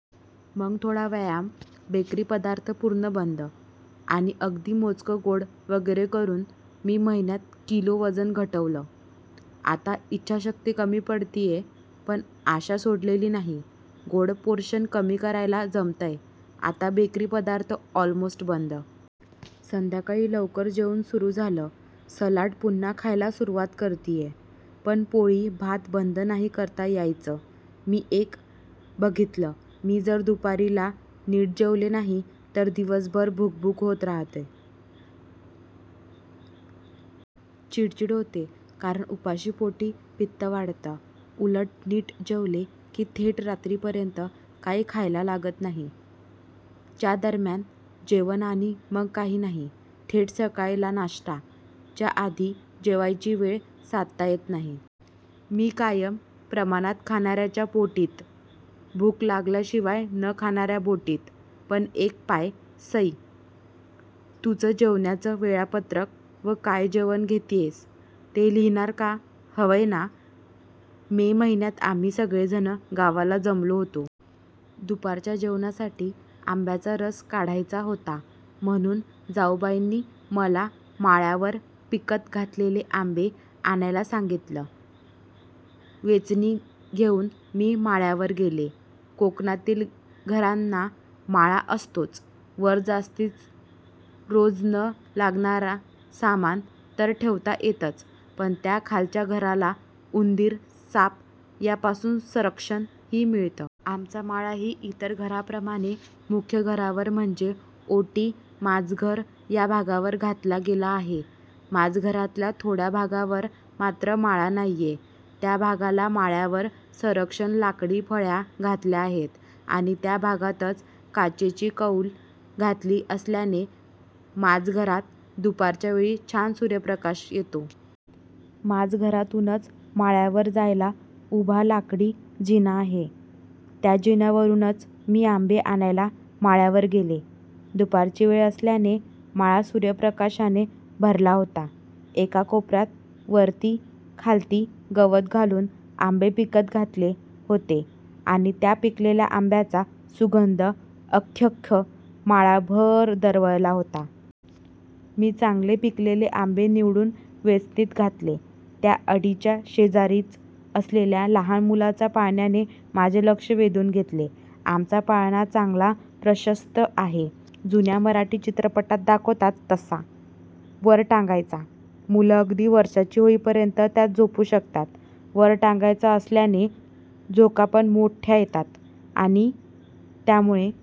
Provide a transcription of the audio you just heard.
मग थोडा व्यायाम, बेकरी पदार्थ पूर्ण बंद, आणि अगदी मोजकं गोड वगैरे करून मी महिन्यांत किलो वजन घटवलं. आता इच्छाशक्ती कमी पडतेय, पण आशा सोडलेली नाही. गोड पोर्शन कमी करायला जमतंय आता. बेकरी पदार्थही ऑलमोस्ट बंद. संध्याकाळी लवकर जेवण सुरू झालं. सलाड पुन्हा खायला सुरूवात करतेय, पण पोळी/ भात बंद नाही करता यायचं. मी एक बघितलं, मी जर दुपारी ला नीट जेवले नाही तर दिवसभर भूक भूक होत रहाते. चिडचिड होते कारण उपाशीपोटी पित्त वाढतं. उलट नीट जेवले की थेट रात्री पर्यंत काही खायला लागत नाही, च्या दर्म्यान जेवण आणि मग काही नाही. थेट सकाळी ला नाश्ता. च्या आधी जेवायची वेळ साधता येत नाही. मी कायम प्रमाणात खाणार्यांच्या पोटीत. भूक लागल्याशिवाय न खाणार्या बोटीत पण एक पाय. सई, तुझं जेवण्याचं वेळापत्रक व काय जेवण घेतेस ते लिहीणार का? >> हवंय ना? मे महिन्यात आम्ही सगळे जणं गावाला जमलो होतो. दुपारच्या जेवणासाठी आंब्याचा रस काढायचा होता, म्हणून जाउबाईंनी मला माळ्यावर पिकत घातलेले आंबे आणायला सांगितलं. वेचणी घेऊन मी माळ्यावर गेले. कोकणातील घरांना माळा असतोच. वर जास्तीच रोज न लागणार सामान तर ठेवता येतच पण त्या खालच्या घराला उंदीर, साप यापासून सरक्षण ही मिळतं. आमचा माळा ही इतर घरांप्रमाणे मुख्य घरावर म्हणजे ओटी, माजघर या भागावर घातला गेला आहे. माजघरातल्या थोडया भागावर मात्र माळा नाहीये. त्या भागाला माळ्यावर संरक्षक लाकडी फळ्या घातल्या आहेत. आणि त्या भागातच काचेची कौल घातली असल्याने माजघरात दुपारच्या वेळी छान सूर्यप्रकाश येतो. माजघरातूनच माळ्यावर जायला उभा लाकडी जिना आहे. त्या जिन्यावरूनच मी आंबे आणायला माळ्यावर गेले. दुपारची वेळ असल्याने माळा सुर्यप्रकाशाने भरला होता. एका कोपऱ्यात वरती खालती गवत घालून आंबे पिकत घातले होते आणि त्या पिकलेल्या आंब्यांचा सुगंध अख्यख्या माळाभर दरवळत होता. मी चांगले पिकलेले आंबे निवडून वेचणीत घातले. त्या अढीच्या शेजारीच असलेल्या लहान मुलांचा पाळण्याने माझे लक्ष वेधून घेतले. आमचा पाळणा चांगला प्रशस्त आहे. जुन्या मराठी चित्रपटात दाखवतात तसा. वर टांगायचा. मुलं अगदी वर्षाची होई पर्यंत त्यात झोपू शकतात. वर टांगायचा असल्याने झोका पण मोठया येतात आणि त्यामुळे